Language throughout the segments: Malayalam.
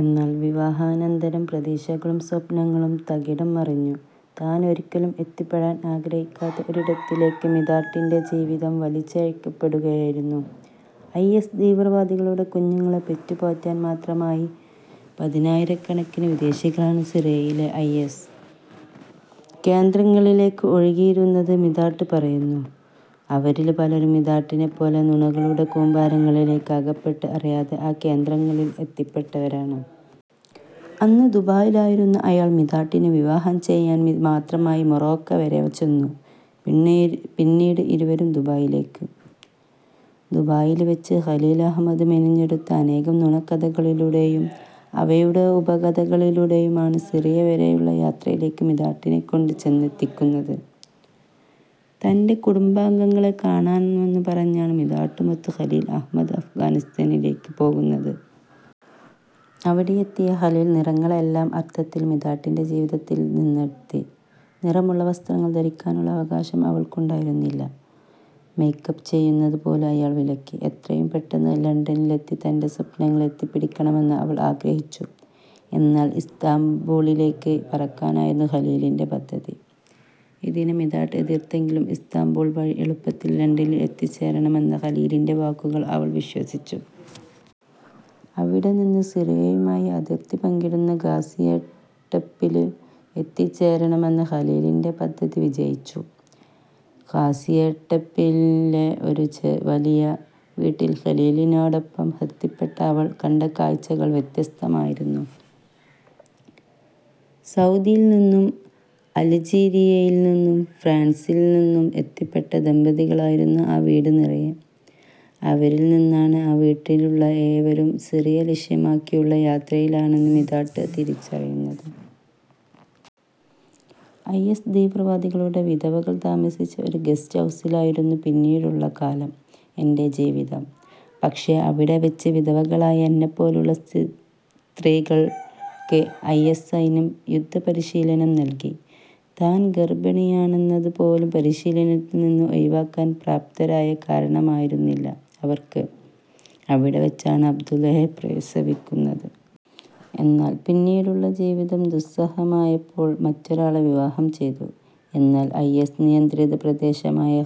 എന്നാല് വിവാഹാനന്തരം പ്രതീക്ഷകളും സ്വപ്നങ്ങളും തകിടം മറിഞ്ഞു. താന് ഒരിക്കലും എത്തിപ്പെടാന് ആഗ്രഹിക്കാത്ത ഒരിടത്തിലേക്ക് മിതാട്ടിന്റെ ജീവിതം വലിച്ചിഴയപ്പെടുകയായിരുന്നു. ഐ. എസ്. തീവ്രവാദികളുടെ കുഞ്ഞുങ്ങളെ പെറ്റു പോറ്റാന് മാത്രമായി പതിനായിരക്കണക്കിന് വിദേശികളാണ് സിറിയയിലെ ഐ. എസ്. കേന്ദ്രങ്ങളിലേക്ക് ഒഴുകിയിരുന്നത് മിതാട്ട് പറയുന്നു. അവരില് പലരും മിതാട്ടിനെപ്പോലെ നുണകളുടെ കൂമ്പാരങ്ങളില് അകപ്പെട്ട് അറിയാതെ ആ കേന്ദ്രങ്ങളില് എത്തപ്പെട്ടവരാണ്. അന്ന് ദുബായിലായിരുന്ന അയാള് മിതാട്ടിനെ വിവാഹം ചെയ്യാന് മാത്രമായി മൊറോക്ക വരെ ചെന്നു. പിന്നീട് ഇരുവരും ദുബായിലേക്ക്. ദുബായില് വെച്ച് ഖലീല് അഹമ്മദ് മെനഞ്ഞെടുത്ത അനേകം നുണക്കഥകളിലൂടെയും അവയുടെ ഉപകഥകളിലൂടെയുമാണ് സിറിയ വരെയുള്ള യാത്രയിലേക്ക് മിതാട്ടിനെ കൊണ്ട് ചെന്നെത്തിക്കുന്നത്. തന്റെ കുടുംബാംഗങ്ങളെ കാണാനെന്നു പറഞ്ഞാണ് മിതാട്ടുമൊത്ത് ഖലീല് അഹമ്മദ് അഫ്ഗാനിസ്ഥാനിലേക്ക് പോകുന്നത്. അവിടെയെത്തിയ ഖലീല് നിറങ്ങളെ എല്ലാ അർഥത്തിലും മിതാട്ടിന്റെ ജീവിതത്തിൽ നിന്നടർത്തി. നിറമുള്ള വസ്ത്രങ്ങൾ ധരിക്കാനുള്ള അവകാശം അവൾക്കുണ്ടായിരുന്നില്ല. മെയ്ക്കപ്പ് ചെയ്യുന്നത് പോലും അയാൾ വിലക്കി. എത്രയും പെട്ടെന്ന് ലണ്ടനിൽ എത്തി തന്റെ സ്വപ്നങ്ങള് എത്തിപ്പിടിക്കണമെന്ന് അവൾ ആഗ്രഹിച്ചു. എന്നാൽ ഇസ്താംബുളിലേക്ക് പറക്കാനായിരുന്നു ഖലീലിന്റെ പദ്ധതി. ഇതിനെ മിതാട്ട് എതിർത്തെങ്കിലും ഇസ്താംബുള് വഴി എളുപ്പത്തിൽ ലണ്ടനിൽ എത്തിച്ചേരാമെന്ന ഖലീലിന്റെ വാക്കുകൾ അവൾ വിശ്വസിച്ചു. അവിടെ നിന്ന് സിറിയയുമായി അതിർത്തി പങ്കിടുന്ന ഗാസിയാന്ടെപ്പില് എത്തിച്ചേരാമെന്ന ഖലീലിന്റെ പദ്ധതി വിജയിച്ചു. ഗാസിയെന്ടെപ്പിലെ ഒരു വലിയ വീട്ടിൽ ഖലീലിലിനോടൊപ്പം എത്തപ്പെട്ട അവൾ കണ്ട കാഴ്ച്ചകൾ വ്യത്യസ്തമായിരുന്നു. സൗദിയില്നിന്നും അൽജീരിയയിൽനിന്നും ഫ്രാൻസിൽനിന്നും എത്തിപ്പെട്ട ദമ്പതികളായിരുന്നു ആ വീട് നിറയെ. അവരിൽനിന്നാണ് ആ വീട്ടിലുള്ള ഏവരും സിറിയ ലക്ഷ്യമാക്കിയുള്ള യാത്രയിലാണെന്ന് മിതാട്ട് തിരിച്ചറിയുന്നത്. ഐ. എസ്. തീവ്രവാദികളുടെ വിധവകള് താമസിച്ച ഒരു ഗസ്റ്റ് ഹൗസിലായിരുന്നു പിന്നീടുള്ള കാലം എന്റെ ജീവിതം. പക്ഷെ അവിടെ വെച്ച് വിധവകളായ എന്നെപ്പോലുള്ള സ്ത്രീകൾക്ക് ഐ. എസ്. സൈന്യം യുദ്ധപരീശീലനം നല്കി. താൻ ഗർഭിണിയാണെന്നതു പോലും പരിശീലനത്തില് നിന്ന് ഒഴിവാകാൻ പര്യാപ്തമായ കാരണമായിരുന്നില്ല അവർക്ക്. അവിടെ വെച്ചാണ് അബ്ദുള്ളയെ പ്രസവിക്കുന്നത്. എന്നാൽ പിന്നീടുള്ള ജീവിതം ദുസ്സഹമായപ്പോൾ മറ്റൊരാളെ വിവാഹം ചെയ്തു. എന്നാൽ ഐ. എസ്. നിയന്ത്രിത പ്രദേശമായ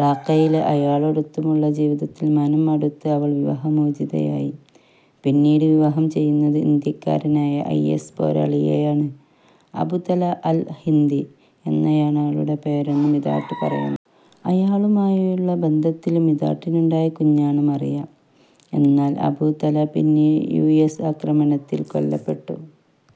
റാഖയിലെ അയാളോടൊത്തുള്ള ജീവിതത്തിൽ മനം മടുത്ത് അവൾ വിവാഹ മോചിതയായി. പിന്നീട് വിവാഹം ചെയ്യുന്നത് ഇന്ത്യക്കാരനായ ഐ. എസ്. പോരാളിയെയാണ് അബു തലാ അല് ഹിന്ദി എന്നാണയാളുടെ പേരെന്ന് മിതാട്ട് പറയുന്നു. അയാളുമായുള്ള ബന്ധത്തില് മിതാട്ടിനുണ്ടായ കുഞ്ഞാണ് മറിയ. എന്നാല് അബു തലാ പിന്നീട് യു എസ് ആക്രമണത്തിൽ കൊല്ലപ്പെട്ടു.